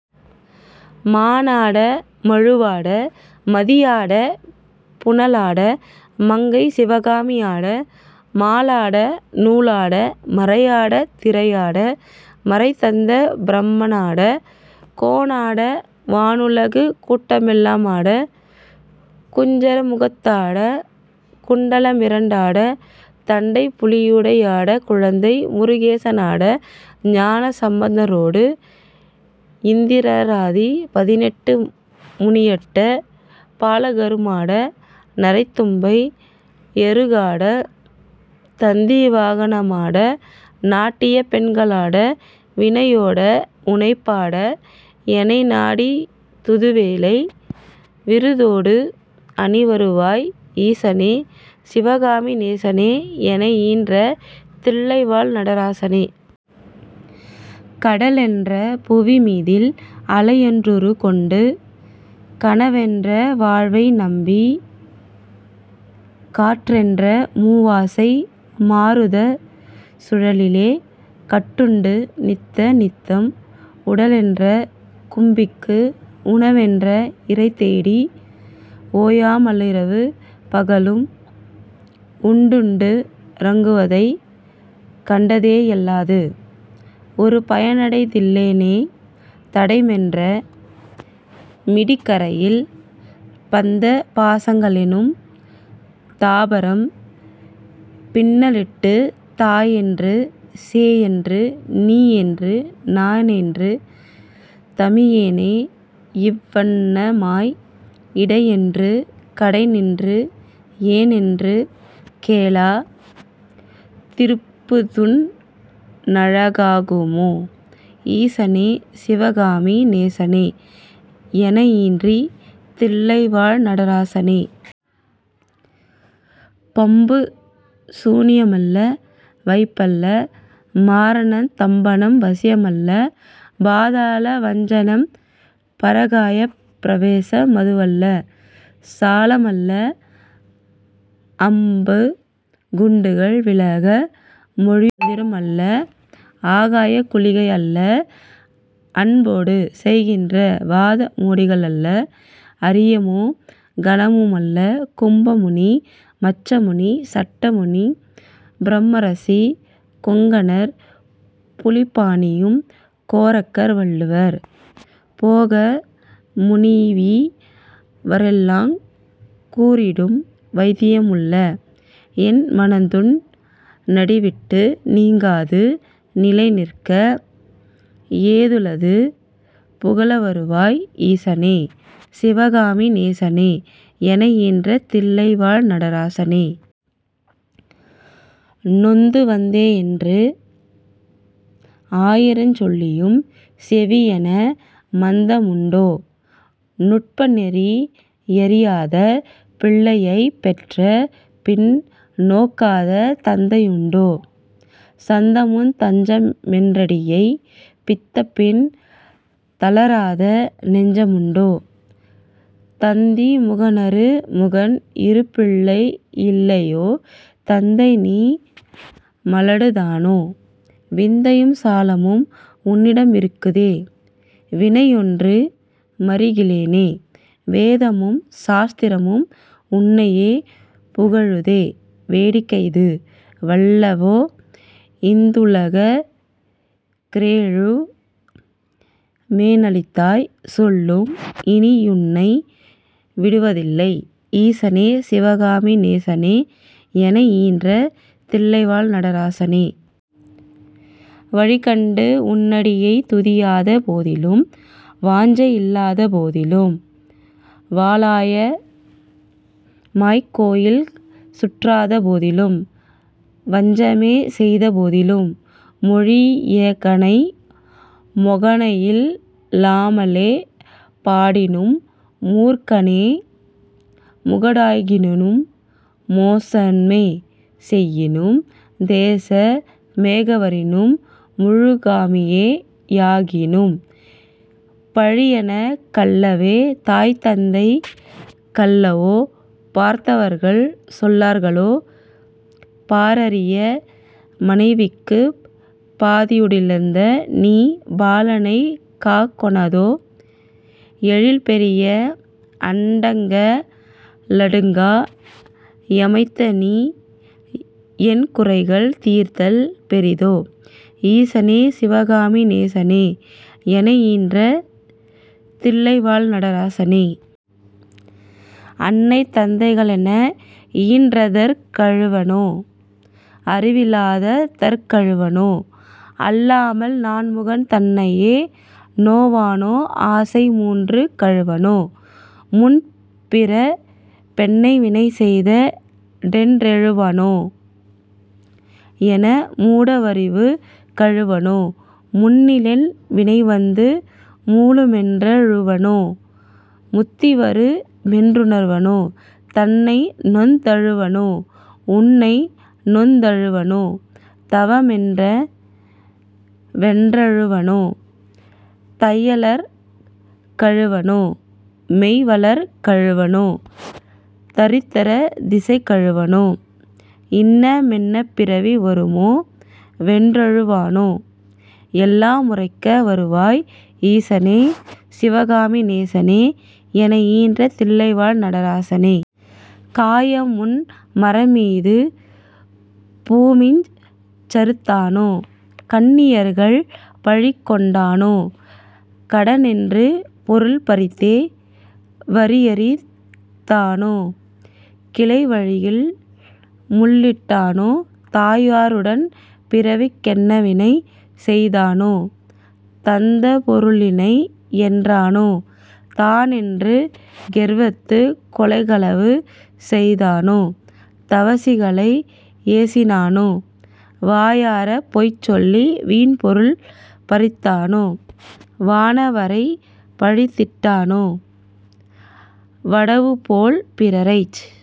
மானாட மழுவாட மதியாட புனலாட மங்கை சிவகாமியாட, மாலாட நூலாட மறையாட திறையாட மறைதந்த பிரம்மனாட, கோனாட வானுலகு கூட்டமெல்லாமாட, குஞ்சர முகத்தாட, குண்டலமிரண்டாட தண்டைபுலியுடையாட குழந்தை முருகேசனாட, ஞானசம்பந்தரொடு யிந்திராதி பதினெட்டு முனியட்ட பாலகருமாட, நரை தும்பை யறுகாட தந்திவாகனமாட நாட்டியப் பெண்களாட, வினையோட உனைப்பாட யெனைநாடியிதுவேளை விருதோடு அணிவருவாய் ஈசனே சிவகாமி நேசனே யெனையீன்ற தில்லைவாழ் நடராசனே. கடலென்ற புவிமீதில் அலையென்றவுரு கொண்டு கனவென்ற வாழ்வைநம்பிக், காற்றென்ற மூவாசை மாருதச் சுழலிலே கட்டுண்டு நித்த நித்தம், உடலென்ற கும்பிக்கு உணவென்ற இரைதேடி ஓயாமலிரவு பகலும், உண்டுண் டுறங்குவதைக் கண்டதேயல்லாது ஒருபயனடைந்திலேனைத், தடமென்ற மிடிகரையில் பந்தபாசங்களெனும் தாபரம் பின்னலிட்டுத், தாயென்று சேயென்று நீயென்று நானென்று தமியேனை யிவ்வண்ணமாய் இடையென்று கடைநின்று ஏனென்று கேளா திருப்பதுன் னழகாகுமோ, ஈசனே சிவகாமி நேசனே யெனையீன்றி தில்லைவாழ் நடராசனே. பம்புசூனியமல்ல வைப்பல்ல மாரணந் தம்பனம் வசியமல்ல, பாதாள வஞ்சனம் பரகாயப் பிரவேச மதுவல்ல சாலமல்ல, அம்பு குண்டுகள் விலக மொழியுமந்திரமல்ல ஆகாய குளிகையல்ல, அன்போடு செய்கின்ற வாதமோடிகளல்ல, அரியமோ கனமுமல்ல, கும்பமுனி மச்சமுனி சட்டமுனி பிரம்மரிசி, கொங்கணர் புலிப்பாணியும், கோரக்கர் வள்ளுவர் போகமுனியிவரெலாங் கூறிடும் வைத்தியமுமல்ல, என்மனதுன் னடிவிட்டு நீங்காது நிலைநிற்க ஏதுளது புகலவருவாய் ஈசனே சிவகாமி நேசனே யெனையீன்ற தில்லைவாழ் நடராசனே. நொந்துவந்தேனென்று ஆயிரஞ் சொல்லியும் செவியென்ன மந்தமுண்டோ, நுட்பநெறி யறியாத பிள்ளையைப் பெற்ற பின் நோக்காத தந்தையுண்டோ, சந்தமுந் தஞ்சமென்றடியைப் பித்தபின் தளராத நெஞ்சமுண்டோ, தந்திமுகனறு முகன் இருபிள்ளை யில்லையோ தந்தைநீ மலடுதானோ, விந்தையும் சாலமும் உன்னிடமிருக்குதே வினையொன்று மறிகிலேனே, வேதமும் சாஸ்திரமும் உன்னையே புகழுதே வேடிக்கையிது வல்லவோ, இந்தவுலகு கீரேழு மேனளித்தாய் சொல்லும் இனியுன்னை விடுவதில்லை, ஈசனே சிவகாமி நேசனே யெனையீன்ற தில்லைவாழ் நடராசனே. வழிகண்டு உன்னடியைத் துதியாத போதிலும் வாஞ்சை யில்லாத போதிலும், வாலாயமாய்க் கோயில் சுற்றாத போதிலும் வஞ்சமே செய்த போதிலும், மொழியெகனை மொகனையில் லாமலே பாடினும் மூர்க்கனே மொகடாகினும், மோசமே செய்யினும் தேசமேகவரினும் முழுகாமியே யாகினும், பழியெனக் கல்லவே தாய்தந்தைக் கல்லவோ பார்த்தவர்கள் சொல்லார்களோ, பாரறிய மனைவிக்குப் பாதியுடலீந்த நீ பாலனைக் காக்கொணாதோ, எழில்பெரிய அண்டங்க ளடுங்கா யமைத்தநீ யென்குறைகள் தீர்த்தல் பெரிதோ, ஈசனே சிவகாமி நேசனே யெனையீன்ற தில்லைவாழ் நடராசனே. அன்னை தந்தைக ளென்னை யீன்றதற் கழுவனோ அறிவிலாத தற்கழுவனோ, அல்லாமல் நான்முகன் தன்னையே நோவனோ ஆசை மூன்றுக் கழுவனோ, முன்பிறப் பென்னவினை செய்த னென்றழுவனோ என்மூட வறிவுக் கழுவனோ, முன்னிலென் வினைவந்து மூளுமென்றழுவனோ முத்திவரு மென்றுணர்வனோ, தன்னைநொந் தழுவனோ உன்னை நொந்தழு வனோ தவமென்ன வென்றழுவனோ, தையலர்க் கழுவனோ மெய்வளர்க் கழுவனோ தரித்திர திசைக்கழுவனோ, இன்னமென்னப் பிறவி வருமோ வென்றழு வனோ யெல்லாமுரைக்க வருவாய், ஈசனே சிவகாமி நேசனே யெனையீன்ற தில்லைவாழ் நடராசனே. காயாமுன் மரமீது பூபிஞ் சறுத்தனோ கன்னியர்கள் பழிகொண்டனோ, கடனென்று பொருள் பறித்தே வறிறெறித் தனோ கிளைவழியில் முள்ளிட்டனோ, தாயாருடன் பிறவிக் கென்னவினை செய்தனோ, தந்தபொரு ளினையென்றனோ, தானென்று கெர்வித்துக் கொலைகளவு செய்தனோ தவசிகளை யேசினனோ, வாயாரப் பொய்சொல்லி வீண்பொருள் பறித்தனோ, வானவரைப் பழித்திட்டனோ, வடவுபோல் பிறரைச்